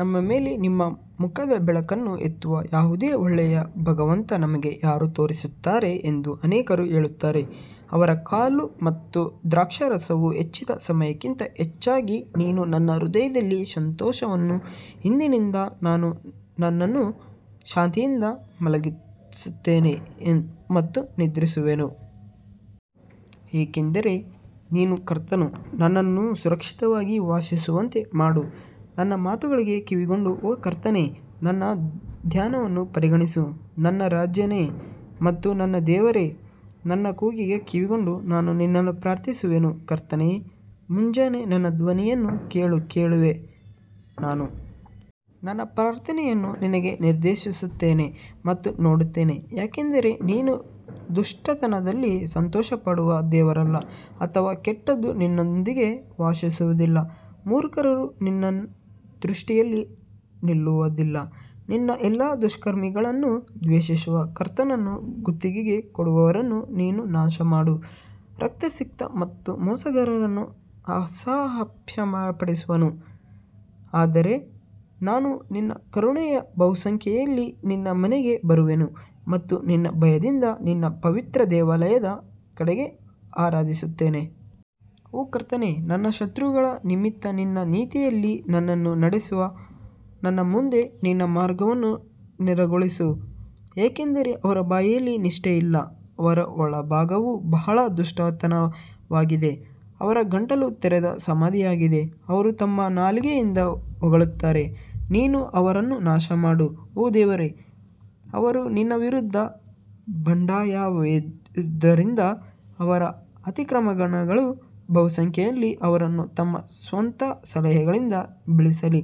ನಮ್ಮ ಮೇಲೆ ನಿಮ್ಮ ಮುಖದ ಬೆಳಕನ್ನು ಎತ್ತುವ ಯಾವುದೇ ಒಳ್ಳೆಯ ಭಗವಂತ ನಮಗೆ ಯಾರು ತೋರಿಸುತ್ತಾರೆ ಎಂದು ಅನೇಕರು ಹೇಳುತ್ತಾರೆ ಅವರ ಕಾಳು ಮತ್ತು ದ್ರಾಕ್ಷಾರಸವು ಹೆಚ್ಚಿದ ಸಮಯಕ್ಕಿಂತ ಹೆಚ್ಚಾಗಿ ನೀನು ನನ್ನ ಹೃದಯದಲ್ಲಿ ಸಂತೋಷವನ್ನು ಇಟ್ಟಿದ್ದೀ ನಾನು ನನ್ನನ್ನು ಶಾಂತಿಯಿಂದ ಮಲಗಿಸುತ್ತೇನೆ ಮತ್ತು ನಿದ್ರಿಸುವೆನು ಏಕೆಂದರೆ ನೀನು ಕರ್ತನು ನನ್ನನ್ನು ಸುರಕ್ಷಿತವಾಗಿ ವಾಸಿಸುವಂತೆ ಮಾಡು ನನ್ನ ಮಾತುಗಳಿಗೆ ಕಿವಿಗೊಡು ಓ ಕರ್ತನೇ ನನ್ನ ಧ್ಯಾನವನ್ನು ಪರಿಗಣಿಸು ನನ್ನ ರಾಜನೇ ಮತ್ತು ನನ್ನ ದೇವರೇ ನನ್ನ ಕೂಗಿಗೆ ಕಿವಿಗೊಡು, ನಾನು ನಿನ್ನನ್ನು ಪ್ರಾರ್ಥಿಸುವೆನು ಕರ್ತನೇ ಮುಂಜಾನೆ ನನ್ನ ಧ್ವನಿಯನ್ನು ನೀನು ಕೇಳುವೆ, ನಾನು ನನ್ನ ಪ್ರಾರ್ಥನೆಯನ್ನು ನಿನಗೆ ನಿರ್ದೇಶಿಸುತ್ತೇನೆ ಮತ್ತು ನೋಡುತ್ತೇನೆ ಯಾಕಂದರೆ ನೀನು ದುಷ್ಟತನದಲ್ಲಿ ಸಂತೋಷಪಡುವ ದೇವರಲ್ಲ ಅಥವಾ ಕೆಟ್ಟದ್ದು ನಿನ್ನೊಂದಿಗೆ ವಾಸಿಸುವುದಿಲ್ಲ ಮೂರ್ಖರು ನಿನ್ನ ದೃಷ್ಟಿಯಲ್ಲಿ ನಿಲ್ಲುವದಿಲ್ಲ, ನೀನು ಎಲ್ಲಾ ದುಷ್ಕರ್ಮಿಗಳನ್ನು ದ್ವೇಷಿಸುವಿ ಕರ್ತನನ್ನು ಗುತ್ತಿಗೆಗೆ ಕೊಡುವವರನ್ನು ನೀನು ನಾಶಮಾಡು, ರಕ್ತಸಿಕ್ತ ಮತ್ತು ಮೋಸಗಾರನನ್ನು ಅಸಹ್ಯಪಡಿಸುವನು ಆದರೆ ನಾನು ನಿನ್ನ ಕರುಣೆಯ ಬಹುಸಂಖ್ಯೆಯಲ್ಲಿ ನಿನ್ನ ಮನೆಗೆ ಬರುವೆನು ಮತ್ತು ನಿನ್ನ ಭಯದಿಂದ ನಿನ್ನ ಪವಿತ್ರ ದೇವಾಲಯದ ಕಡೆಗೆ ಆರಾಧಿಸುತ್ತೇನೆ. ಓ ಕರ್ತನೇ, ನನ್ನ ಶತ್ರುಗಳ ನಿಮಿತ್ತ ನಿನ್ನ ನೀತಿಯಲ್ಲಿ ನನ್ನನ್ನು ನಡೆಸು, ನನ್ನ ಮುಂದೆ ನಿನ್ನ ಮಾರ್ಗವನ್ನು ನೇರಗೊಳಿಸು ಯಾಕಂದರೆ ಅವರ ಬಾಯಿಯಲ್ಲಿ ನಿಷ್ಠೆಯಿಲ್ಲ, ಅವರ ಒಳಭಾಗವು ಬಹಳ ದುಷ್ಟತನವಾಗಿದೆ, ಅವರ ಗಂಟಲು ತೆರೆದ ಸಮಾಧಿಯಾಗಿದೆ ಅವರು ತಮ್ಮ ನಾಲಿಗೆಯಿಂದ ಹೊಗಳುತ್ತಾರೆ ನೀನು ಅವರನ್ನು ನಾಶಮಾಡು ಓ ದೇವರೇ, ಅವರು ನಿನ್ನ ವಿರುದ್ಧ ಬಂಡಾಯವೆದ್ದಿರುವದರಿಂದ ಅವರ ಅತಿಕ್ರಮಣಗಳ ಬಹುಸಂಖ್ಯೆಯಲ್ಲಿ ಅವರನ್ನು ತಮ್ಮ ಸ್ವಂತ ಸಲಹೆಗಳಿಂದ ಬೀಳಿಸಲಿ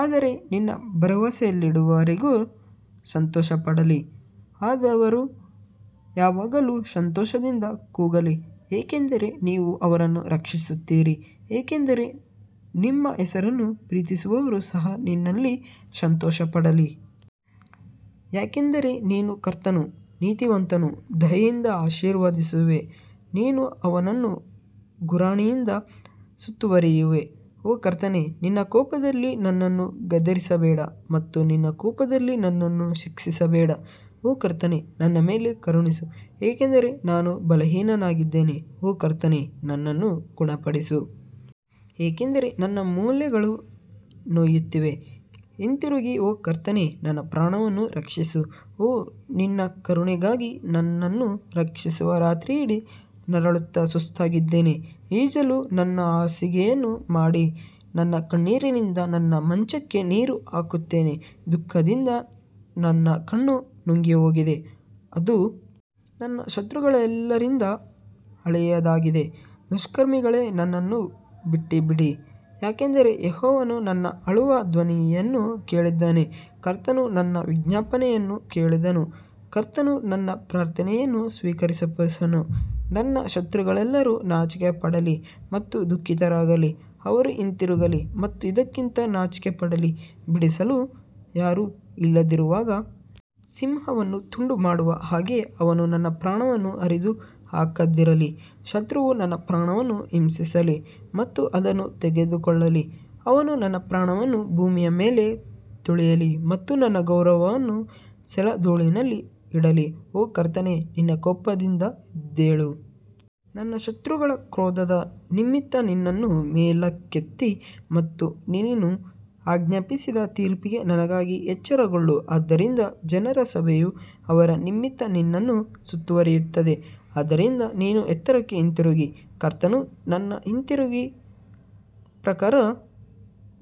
ಆದರೆ ನಿನ್ನಲ್ಲಿ ಭರವಸೆಯಿಡುವವರೆಲ್ಲರೂ ಸಂತೋಷಪಡಲಿ, ಅವರು ಯಾವಾಗಲೂ ಸಂತೋಷದಿಂದ ಕೂಗಲಿ, ಏಕೆಂದರೆ ನೀವು ಅವರನ್ನು ರಕ್ಷಿಸುತ್ತೀರಿ ಏಕೆಂದರೆ ನಿಮ್ಮ ಹೆಸರನ್ನು ಪ್ರೀತಿಸುವವರು ಸಹ ನಿನ್ನಲ್ಲಿ ಸಂತೋಷಪಡಲಿ. ಯಾಕಂದರೆ ನೀನು ಕರ್ತನು ನೀತಿವಂತನನ್ನು ದಯೆಯಿಂದ ಆಶೀರ್ವದಿಸುವೆ, ನೀನು ಅವನನ್ನು ಗುರಾಣಿಯಿಂದ ಸುತ್ತುವರಿಯುವೆ ಓ ಕರ್ತನೇ ನಿನ್ನ ಕೋಪದಲ್ಲಿ ನನ್ನನ್ನು ಗದರಿಸಬೇಡ ಮತ್ತು ನಿನ್ನ ಕೋಪದಲ್ಲಿ ನನ್ನನ್ನು ಶಿಕ್ಷಿಸಬೇಡ ಓ ಕರ್ತನೇ ನನ್ನ ಮೇಲೆ ಕರುಣಿಸು, ಏಕೆಂದರೆ ನಾನು ಬಲಹೀನನಾಗಿದ್ದೇನೆ, ಓ ಕರ್ತನೇ ನನ್ನನ್ನು ಗುಣಪಡಿಸು, ಏಕೆಂದರೆ ನನ್ನ ಮೂಳೆಗಳು ನೋಯುತ್ತಿವೆ ಹಿಂತಿರುಗಿ ಓ ಕರ್ತನೇ ನನ್ನ ಪ್ರಾಣವನ್ನು ರಕ್ಷಿಸು ಓ ನಿನ್ನ ಕರುಣೆಗಾಗಿ ನನ್ನನ್ನು ರಕ್ಷಿಸು ರಾತ್ರಿಯಿಡೀ ನರಳುತ್ತಾ ಸುಸ್ತಾಗಿದ್ದೇನೆ ಈಜಲು ನನ್ನ ಹಾಸಿಗೆಯನ್ನು ಮಾಡಿ ನನ್ನ ಕಣ್ಣೀರಿನಿಂದ ನನ್ನ ಮಂಚಕ್ಕೆ ನೀರು ಹಾಕುತ್ತೇನೆ ದುಃಖದಿಂದ ನನ್ನ ಕಣ್ಣು ನುಂಗಿಹೋಗಿದೆ, ಅದು ನನ್ನ ಶತ್ರುಗಳೆಲ್ಲರಿಂದ ಹಳೆಯದಾಗಿದೆ ದುಷ್ಕರ್ಮಿಗಳೇ ನನ್ನನ್ನು ಬಿಟ್ಟುಬಿಡಿ, ಯಾಕಂದರೆ ಯೆಹೋವನು ನನ್ನ ಅಳುವ ಧ್ವನಿಯನ್ನು ಕೇಳಿದ್ದಾನೆ ಕರ್ತನು ನನ್ನ ವಿಜ್ಞಾಪನೆಯನ್ನು ಕೇಳಿದನು ಕರ್ತನು ನನ್ನ ಪ್ರಾರ್ಥನೆಯನ್ನು ಸ್ವೀಕರಿಸುವನು ನನ್ನ ಶತ್ರುಗಳೆಲ್ಲರೂ ನಾಚಿಕೆಪಡಲಿ ಮತ್ತು ದುಃಖಿತರಾಗಲಿ, ಅವರು ಹಿಂತಿರುಗಲಿ ಮತ್ತು ಇದ್ದಕ್ಕಿದ್ದಂತೆ ನಾಚಿಕೆಪಡಲಿ ಬಿಡಿಸಲು ಯಾರೂ ಇಲ್ಲದಿರುವಾಗ ಸಿಂಹವನ್ನು ತುಂಡು ಮಾಡುವ ಹಾಗೆ ಅವನು ನನ್ನ ಪ್ರಾಣವನ್ನು ಹರಿದು ಹಾಕದಿರಲಿ ಶತ್ರುವು ನನ್ನ ಪ್ರಾಣವನ್ನು ಹಿಂಸಿಸಲಿ ಮತ್ತು ಅದನ್ನು ತೆಗೆದುಕೊಳ್ಳಲಿ, ಅವನು ನನ್ನ ಪ್ರಾಣವನ್ನು ಭೂಮಿಯ ಮೇಲೆ ತುಳಿಯಲಿ ಮತ್ತು ನನ್ನ ಗೌರವವನ್ನು ಸೆಲಾ ಧೂಳಿನಲ್ಲಿ ಇಡಲಿ ಓ ಕರ್ತನೇ ನಿನ್ನ ಕೋಪದಿಂದ ಎದ್ದೇಳು, ನನ್ನ ಶತ್ರುಗಳ ಕ್ರೋಧದ ನಿಮಿತ್ತ ನಿನ್ನನ್ನು ಮೇಲಕ್ಕೆತ್ತಿ ಮತ್ತು ನೀನು ಆಜ್ಞಾಪಿಸಿದ ತೀರ್ಪಿಗೆ ನನಗಾಗಿ ಎಚ್ಚರಗೊಳ್ಳು ಆದ್ದರಿಂದ ಜನರ ಸಭೆಯು ಅವರ ನಿಮಿತ್ತ ನಿನ್ನನ್ನು ಸುತ್ತುವರಿಯುತ್ತದೆ ಆದ್ದರಿಂದ ನೀನು ಎತ್ತರಕ್ಕೆ ಹಿಂತಿರುಗಿ ಕರ್ತನು ನನ್ನ ನೀತಿಯ ಪ್ರಕಾರ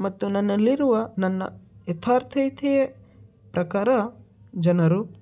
ಮತ್ತು ನನ್ನಲ್ಲಿರುವ ನನ್ನ ಯಥಾರ್ಥತೆಯ ಪ್ರಕಾರ ಜನರು